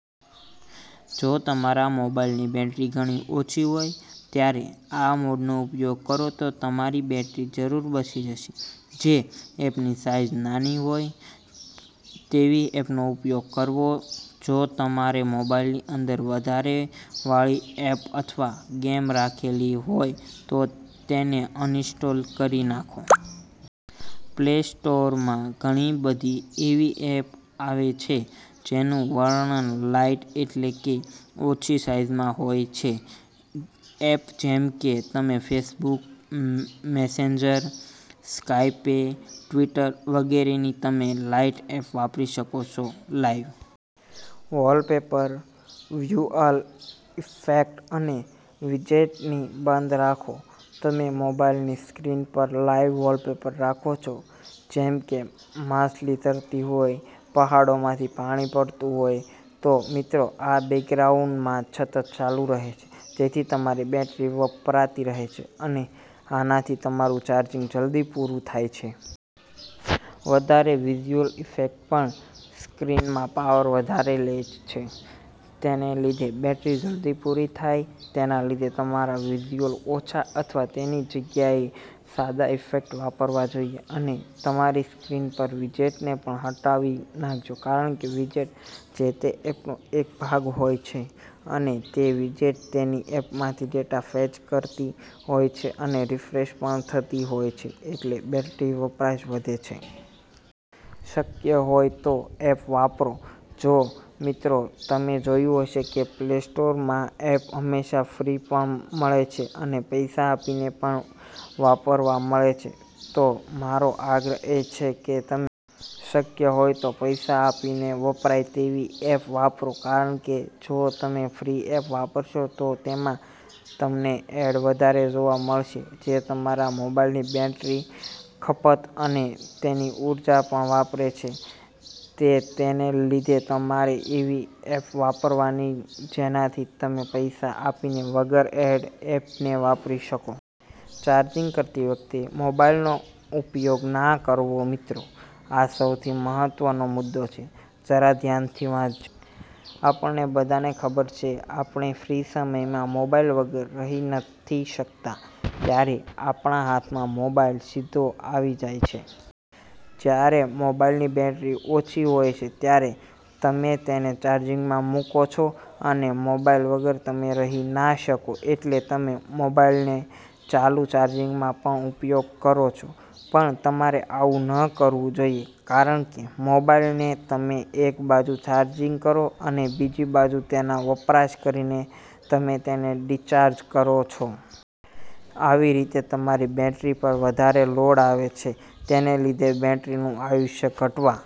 જો તમારા મોબાઈલની બેટરી ઘણી ઓછી હોય ત્યારે આ મોડનો ઉપયોગ કરો તો તમારી બેટરી જરૂર બચી જશે. જે એપની સાઈઝ નાની હોય તેવી એપનો ઉપયોગ કરવો જો તમારે મોબાઈલની અંદર વધારે વાળી એપ અથવા ગેમ રાખેલી હોય તો તેને અન ઇન્સ્ટોલ કરી નાખો. પ્લે સ્ટોરમાં ઘણી બધી એવી એપ આવે છે જેનું વર્ઝન લાઈટ એટલે કે ઓછી સાઈઝમાં હોય છે. એપ જેમ કે તમે ફેસબુક, મેસેન્જર, સ્કાયપે, ટ્વિટર વગેરેની તમે લાઈટ એપ વાપરી શકો છો. લાઈવ વોલપેપર, વિઝયુઅલ ઇફેક્ટ અને વિજેટને બંધ રાખો તમે મોબાઈલની સ્ક્રીન પર લાઈવ વોલપેપર રાખો છો જેમ કે માછલી તરતી હોય, પહાડોમાંથી પાણી પડતું હોય, તો મિત્રો આ બેકગ્રાઉન્ડમાં સતત ચાલુ રહે છે જેથી તમારી બેટરી વપરાતી રહે છે અને આનાથી તમારું ચાર્જિંગ જલ્દી પૂરું થાય છે. વધારે વિઝયુઅલ ઇફેક્ટ પણ સ્ક્રીનમાં પાવર વધારે લે છે તેને લીધે બેટરી જલ્દી પૂરી થાય તેના લીધે તમારે વિઝયુઅલ ઓછા અથવા તેની જગ્યાએ સાદા ઇફેક્ટ વાપરવા જોઈએ અને તમારી સ્ક્રીન પર વિજેટને પણ હટાવી નાખજો કારણ કે વિજેટ જે-તે એપનો એક ભાગ હોય છે અને તે વિજેટ તેની એપમાથી ડેટા ફેચ કરતી હોય છે અને રિફ્રેશ પણ થતી હોય છે એટલે બેટરી વપરાશ વધે છે. શક્ય હોય તો એપ વાપરો. જો મિત્રો તમે જોયું હશે કે પ્લે સ્ટોરમાં એપ હંમેશા ફ્રી પણ મળે છે અને પૈસા આપીને પણ વાપરવા મળે છે તો મારો આગ્રહ એ છે કે તમે શક્ય હોય તો પૈસા આપીને વપરાય તેવી એપ વાપરો કારણ કે જો તમે ફ્રી એપ વાપરશો તો તેમાં તમને એડ વધારે જોવા મળશે જે તમારા મોબાઈલની બેટરીની ખપત અને એની ઉર્જા પણ વાપરે છે તે તેને લીધે તમારે એવી એપ વાપરવાની જેનાથી તમે પૈસા આપીને વગર એડ એપને વાપરી શકો. ચાર્જિંગ કરતી વખતે મોબાઈલ નો ઉપયોગના કરવો મિત્રો આ સૌથી મહત્વનો મુદો છે. જરા ધ્યાનથી વાંચજો. આપણે બધાને ખબર છે કે આપણે ફ્રી સમયમાં મોબાઈલ વગર રહી નથી શકતા ત્યારે આપણા હાથમાં મોબાઈલ સીધો આવી જાય છે. જ્યારે મોબાઇલની બેટરી ઓછી હોય છે ત્યારે તમે તેને ચાર્જિંગમાં મૂકો છો અને મોબાઇલ વગર તમે રહી ના શકો એટલે તમે મોબાઇલને ચાલુ ચાર્જિંગમાં પણ ઉપયોગ કરો છો પણ તમારે આવું ન કરવું જોઈએ કારણ કે મોબાઇલને તમે એક બાજુ ચાર્જિંગ કરો અને બીજી બાજુ તેનો વપરાશ કરીને તમે તેને ડિસ્ચાર્જ કરો છો. આવી રીતે તમારી બેટરી પર વધારે લોડ આવે છે તેને લીધે બેટરીનું આયુષ્ય ઘટવા